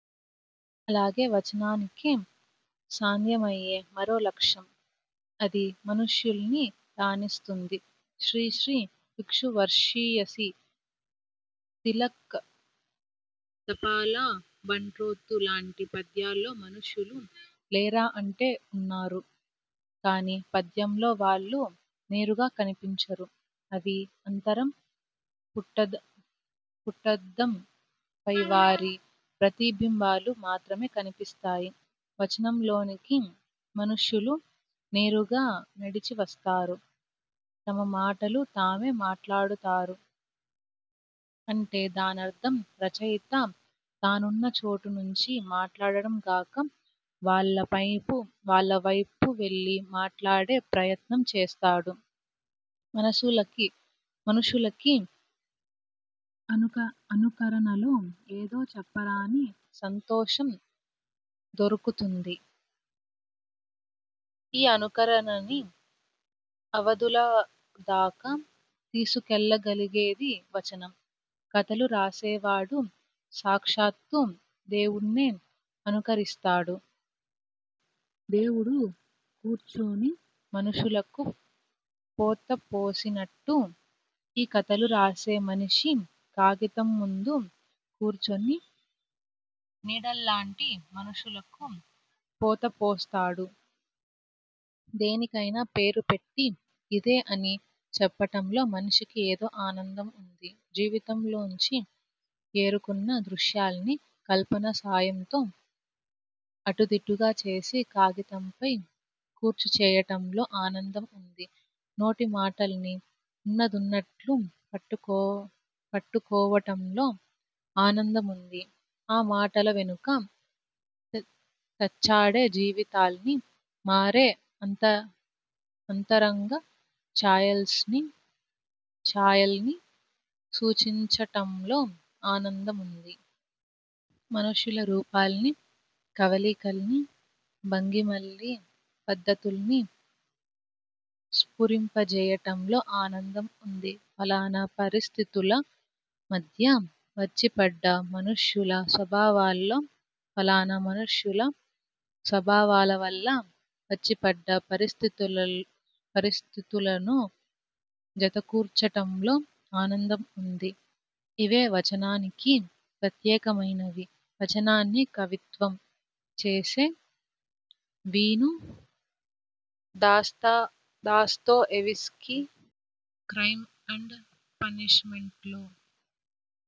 అలాగే వచనానికే సాధ్యమయ్యే మరో లక్షణం, అది మనుషుల్ని రానిస్తుంది. శ్రీశ్రీ 'భిక్షువర్షీయసి', తిలక్ 'తపాలా బంట్రోతు' లాంటి పద్యాల్లో మనుషులు లేరా అంటే ఉన్నారు. కానీ పద్యంలో వాళ్ళు నేరుగా కనిపించరు. కవి అంతరంగ పుటద్దం పై వారి ప్రతిబింబాలు మాత్రమే కనిపిస్తాయి. వచనంలోనికి మనుషులు నేరుగా నడిచి వస్తారు, తమ మాటలు తామే మాట్లాడతారు. అంటే దానర్థం రచయిత తానున్న చోటు నుంచి మాట్లాడ్డం గాక, వాళ్ల వైపు వెళ్లి మాట్లాడే ప్రయత్నం చేస్తాడు. మనుషులకి అనుకరణలో ఏదో చెప్పరాని సంతోషం దొరుకుతుంది. ఈ అనుకరణని అవధుల దాకా తీసుకెళ్లగలిగేది వచనం. కథలు రాసేవాడు సాక్షాత్తూ దేవుడ్నే అనుకరిస్తాడు. దేవుడు కూర్చొని మనుషులకు పోత పోసినట్టు, ఈ కథలు రాసే మనిషి కాగితం ముందు కూర్చొని నీడల్లాంటి మనుషులకు పోతపోస్తాడు. దేనికైనా పేరు పెట్టి ఇదీ అని చెప్పటంలో మనిషికి ఏదో ఆనందం ఉంది. జీవితంలోంచి ఏరుకున్న దృశ్యాల్ని కల్పన సాయంతో అటుదిటుగా చేసి కాగితంపై ఖర్చుచేయటంలో ఆనందం ఉంది. నోటి మాటల్ని ఉన్నదున్నట్టు పట్టుకోవటంలో ఆనందముంది. ఆ మాటల వెనక తచ్చాడే జీవితాల్నీ, మారే అంతరంగ ఛాయల్నీ సూచించటంలో ఆనందముంది. మనుషుల రూపాల్నీ, కవళికల్నీ, భంగిమల్నీ, పద్ధతుల్నీ స్ఫురింపజేయటంలో ఆనందం ఉంది. ఫలానా పరిస్థితుల మధ్య వచ్చిపడ్డ మనుషుల స్వభావాల్నో, ఫలానా మనుషుల స్వభావాల వల్ల వచ్చిపడ్డ పరిస్థితులనో జతకూర్చటంలో ఆనందం ఉంది. ఇవే వచనానికి ప్రత్యేకమైనవీ, వచనాన్ని కవిత్వం చేసేవీను. Dostoevsky 'crime and పనిష్మెంట్'లో